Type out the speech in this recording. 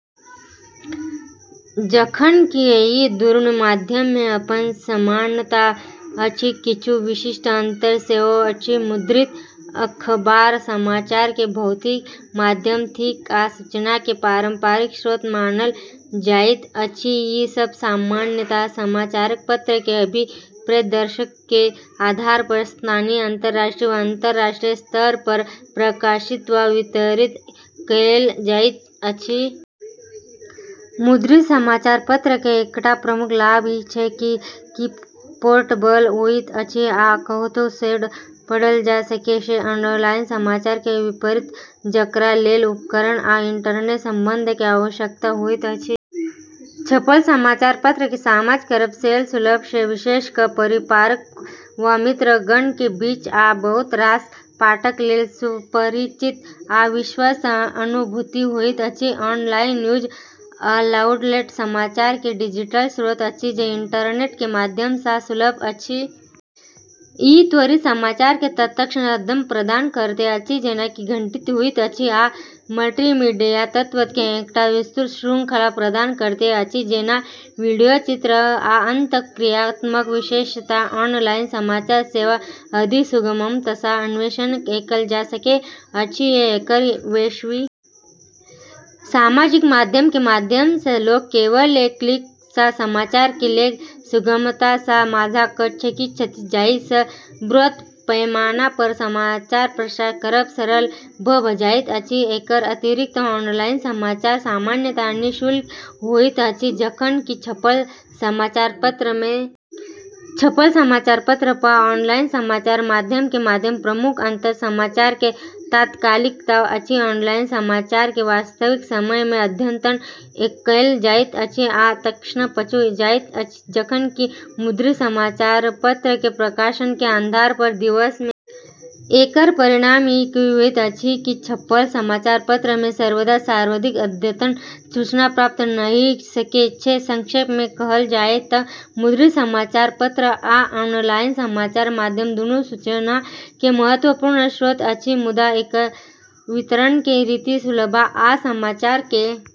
जखन कि एहि दुनू माध्यम में अपन समानता अछि, किछु विशिष्ट अंतर सेहो अछि। मुद्रित अखबार समाचार के भौतिक माध्यम थिक आ सूचना के पारंपरिक स्रोत मानल जाइत अछि। ई सब सामान्यतः समाचार-पत्र के अभिप्रेत दर्शक के आधार पर स्थानीय, राष्ट्रीय वा अंतर्राष्ट्रीय स्तर पर प्रकाशित आ वितरित कएल जाइत अछि। मुद्रित समाचार-पत्र के एकटा प्रमुख लाभ ई छै कि ई पोर्टेबल होइत अछि आ कतहुँ सेहो पढ़ल जा सकै छै, ऑनलाइन समाचार के विपरीत, जकरा लेल उपकरण आ इंटरनेट संबंध के आवश्यकता होइत अछि। छपल समाचार-पत्र के साझा करब सेहो सुलभ छै, विशेष कऽ परिवार वा मित्रगण के बीच, आ बहुत रास पाठक लेल सुपरिचित आ विश्वस्त अनुभूति होइत अछि। ऑनलाइन न्यूज आउटलेट समाचार के डिजिटल स्रोत अछि जे इंटरनेट के माध्यम सँ सुलभ अछि। ई त्वरित समाचार के तत्क्षण अद्यतन प्रदान करैत अछि जेंना कि घटित होइत अछि आ मल्टीमीडिया तत्व के एकटा विस्तृत शृंखला प्रदान करैत अछि, जेना वीडियो, चित्र, आ अंतःक्रियात्मक विशेषता। ऑनलाइन समाचार सेहो अधिक सुगमता सँ अन्वेषण कएल जा सकैत अछि आ एकर वैश्विक पहुँच छपल समाचार-पत्र सँ अधिक व्यापक अछि। सामाजिक माध्यम के माध्यम सँ लोक केवल एक क्लिक सँ समाचार के लेख सुगमता सँ साझा कऽ सकै छथि, जाहि सँ बृहत पैमाना पर समाचार प्रसार करब सरल भऽ जाइत अछि। एकर अतिरिक्त ऑनलाइन समाचार सामान्यतः निःशुल्क होइत अछि, जखन कि छपल समाचार-पत्र में तदनुरूप लागत सेहो सम्मिलित होइत अछि। छपल समाचार-पत्र आ ऑनलाइन समाचार माध्यम के मध्य प्रमुख अंतर समाचार के तात्कालिकता अछि। ऑनलाइन समाचार के वास्तविक समय मे अद्यतन कएल जाइत अछि आ तत्क्षण पहुँच जाइत अछि, जखन कि मुद्रित समाचार-पत्र के प्रकाशन के आधार पर दिवस में एक वा दू बेर ही अद्यतन कएल जाइत अछि। एकर परिणाम ई होइत अछि कि छपल समाचार-पत्र में सर्वदा सर्वाधिक अद्यतन सूचना प्राप्त नहि भऽ सकै छै। संक्षेप में कहल जाय तँ मुद्रित समाचार-पत्र आ ऑनलाइन समाचार माध्यम दुनू सूचना के महत्त्वपूर्ण स्रोत अछि, मुदा एकर वितरण के रीति, सुलभता, आ समाचार के तात्कालिकता में विभिन्नता अछि।